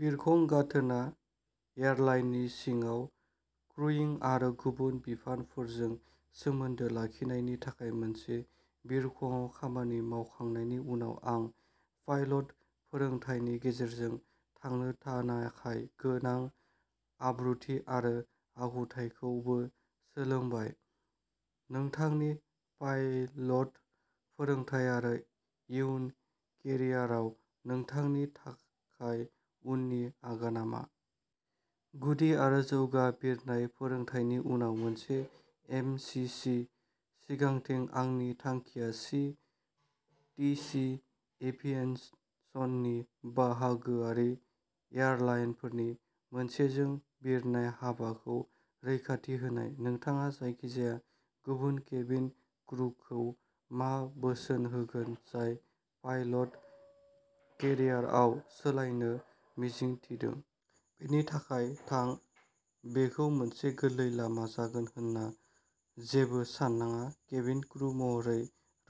बिरखं गाथोना एयारलाइननि सिङाव क्रुइं आरो गुबुन बिफानफोरजों सोमोन्दो लाखिनायनि थाखाय मोनसे बिरखंआव खामानि मावखांनायनि उनाव आं पाइलट फोरोंथायनि गेजेरजों थांनो थाना थाखाय गोनां आब्रुथि आरो आखुथायखौबो सोलोंबाय। नोंथांनि पाइलट फोरोंथाय आरो इयुन केरियाराव नोंथांनि थाखाय उननि आगानआ मा? गुदि आरो जौगा बिरनाय फोरोंथायनि उनाव मोनसे एम सि सि। सिगांथिं, आंनि थांखिया सि टि सि एभियेसननि बाहागोआरि एयारलाइनफोरनि मोनसेजों बिरनाय हाबाखौ रैखाथि होनाय। नोंथाङा जायखिजाया गुबुन केबिन क्रुखौ मा बोसोन होगोन जाय पाइलट केरियारआव सोलायनो मिजिं थिदों? बेनि थाखाय थां! बेखौ मोनसे गोरलै लामा जागोन होन्ना जेबो साननाङा। केबिन क्रु महरै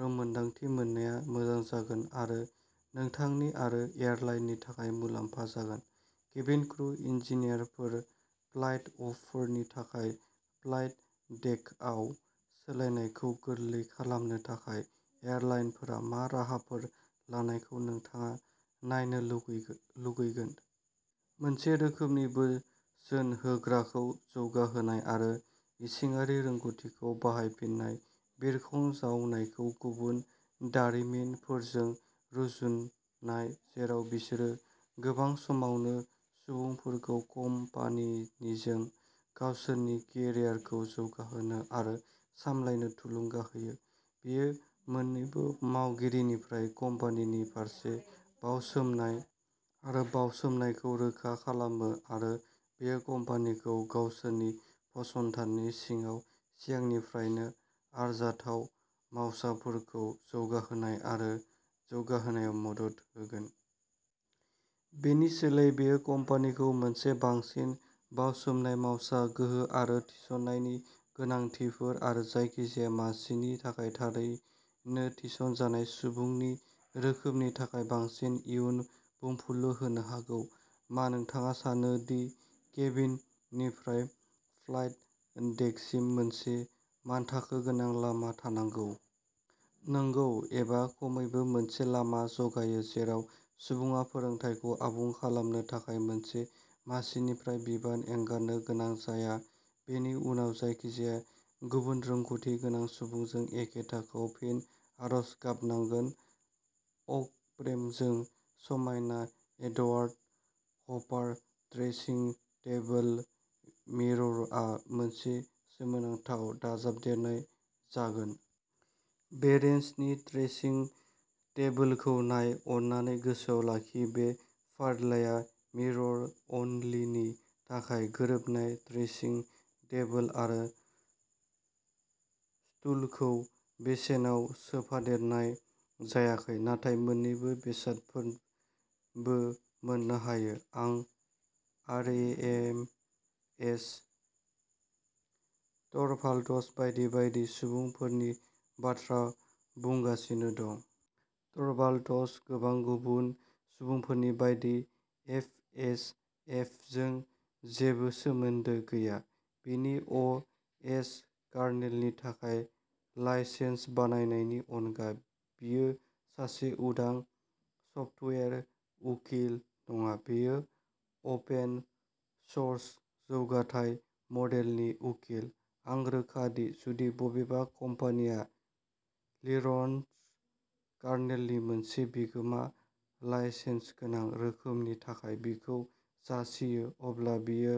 रोंमोनदांथि मोननाया मोजां जागोन आरो नोंथांनि आरो एयारलाइननि थाखाय मुलाम्फा जागोन। केबिन क्रु इनजिनियारफोर, फ्लाइट अपफोरनि थाखाय फ्लाइट डेकआव सोलायनायखौ गोरलै खालामनो थाखाय एयारलाइनफोरा मा राहाफोर लानायखौ नोंथाङा नायनो लुबैगोन? मोनसे रोखोमनि बोसोन होग्राखौ जौगाहोनाय आरो इसिङारि रोंग'थिखौ बाहायफिननाय। बिरखं जावनायखौ गुबुन दारिमिनफोरजों रुजुननाय जेराव बिसोरो गोबां समावनो सुबुंफोरखौ कम्पानिजों गावसोरनि केरियारखौ जौगाहोनो आरो सामलायनो थुलुंगा होयो। बेयो मोननैबो मावगिरिनिफ्राय कम्पानिनि फारसे बाउसोमनाय आरो बाउसोमनायखौ रोखा खालामो आरो बेयो कम्पानिखौ गावसोरनि फसंथाननि सिङाव सिगांनिफ्रायनो आरजाथाव मावसाफोरखौ जौगाहोनाय आरो जौगाहोनायाव मदद होगोन। बेनि सोलायै बेयो कम्पानिखौ मोनसे बांसिन बावसोमनाय मावसा गोहो आरो थिसननायनि गोनांथिफोर आरो जायखिजाया मासिनि थाखाय थारैनो थिसनजानाय सुबुंनि रोखोमनि थाखाय बांसिन इयुन बुंफुरलु होनो हागौ। मा नोंथाङा सानो दि केबिननिफ्राय फ्लाइट डेकसिम मोनसे मानथाखो गोनां लामा थानांगौ? नंगौ, एबा खमैबो मोनसे लामा जगायो जेराव सुबुङा फोरोंथायखौ आबुं खालामनो थाखाय मोनसे मासिनिफ्राय बिबान एंगारनो गोनां जाया, बेनि उनाव जायखिजाया गुबुन रोंग'थि गोनां सुबुंजों एखे थाखोआव फिन आरज गाबनांगोन। ओक फ्रेमजों समायना एडवार्ड हपार ड्रेसिं टेबोल मिररआ मोनसे सोमोनांथाव दाजाबदेरनाय जागोन। बे रेन्जनि ड्रेसिं टेबोलखौ नाय। अन्नानै गोसोआव लाखि बे फारिलाइआ मिरर अनलिनि थाखाय। गोरोबनाय ड्रेसिं टेबोल आरो स्टुलखौ बेसेनाव सोफादेरनाय जायाखै, नाथाय मोन्नैबो बेसादफोरबो मोननो हायो। आं आरएमएस, टरभाल्ड्स बायदि बायदि सुबुंफोरनि बाथ्रा बुंगासिनो दं। टरभाल्ड्स, गोबां गुबुन सुबुंफोरनि बायदि, एफएसएफजों जेबो सोमोन्दो गैया, बिनि अ एस कार्नेलनि थाखाय लाइसेन्स बाहायनायनि अनगा। बियो सासे उदां सफ्टवेयार उकिल नङा, बियो अपेन सोर्स जौगाथाय मडेलनि उकिल। आं रोखा दि जुदि बबेबा कम्पानिया लिनक्स कार्नेलनि मोनसे बिगोमा लाइसेन्सगोनां रोखोमनि थाखाय बिखौ जासियो, अब्ला बियो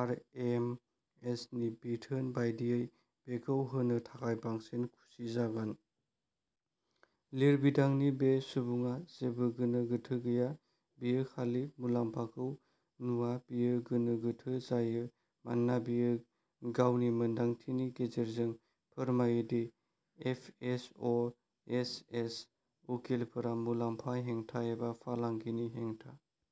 आरएमएसनि बिथोन बायदियै बेखौ होनो थाखाय बांसिन खुसि जागोन। लिरबिदांनि बे सुबुङा जेबो गोनो गोथो गैया, बियो खालि मुलाम्फाखौ नुवा। बियो गोनो गोथो जायो मानोना बियो गावनि मोनदांथिनि गेजेरजों फोरमायो D FS, O S S उकिलफोरा मुलाम्फा हेंथा एबा फालांगिनि हेंथा।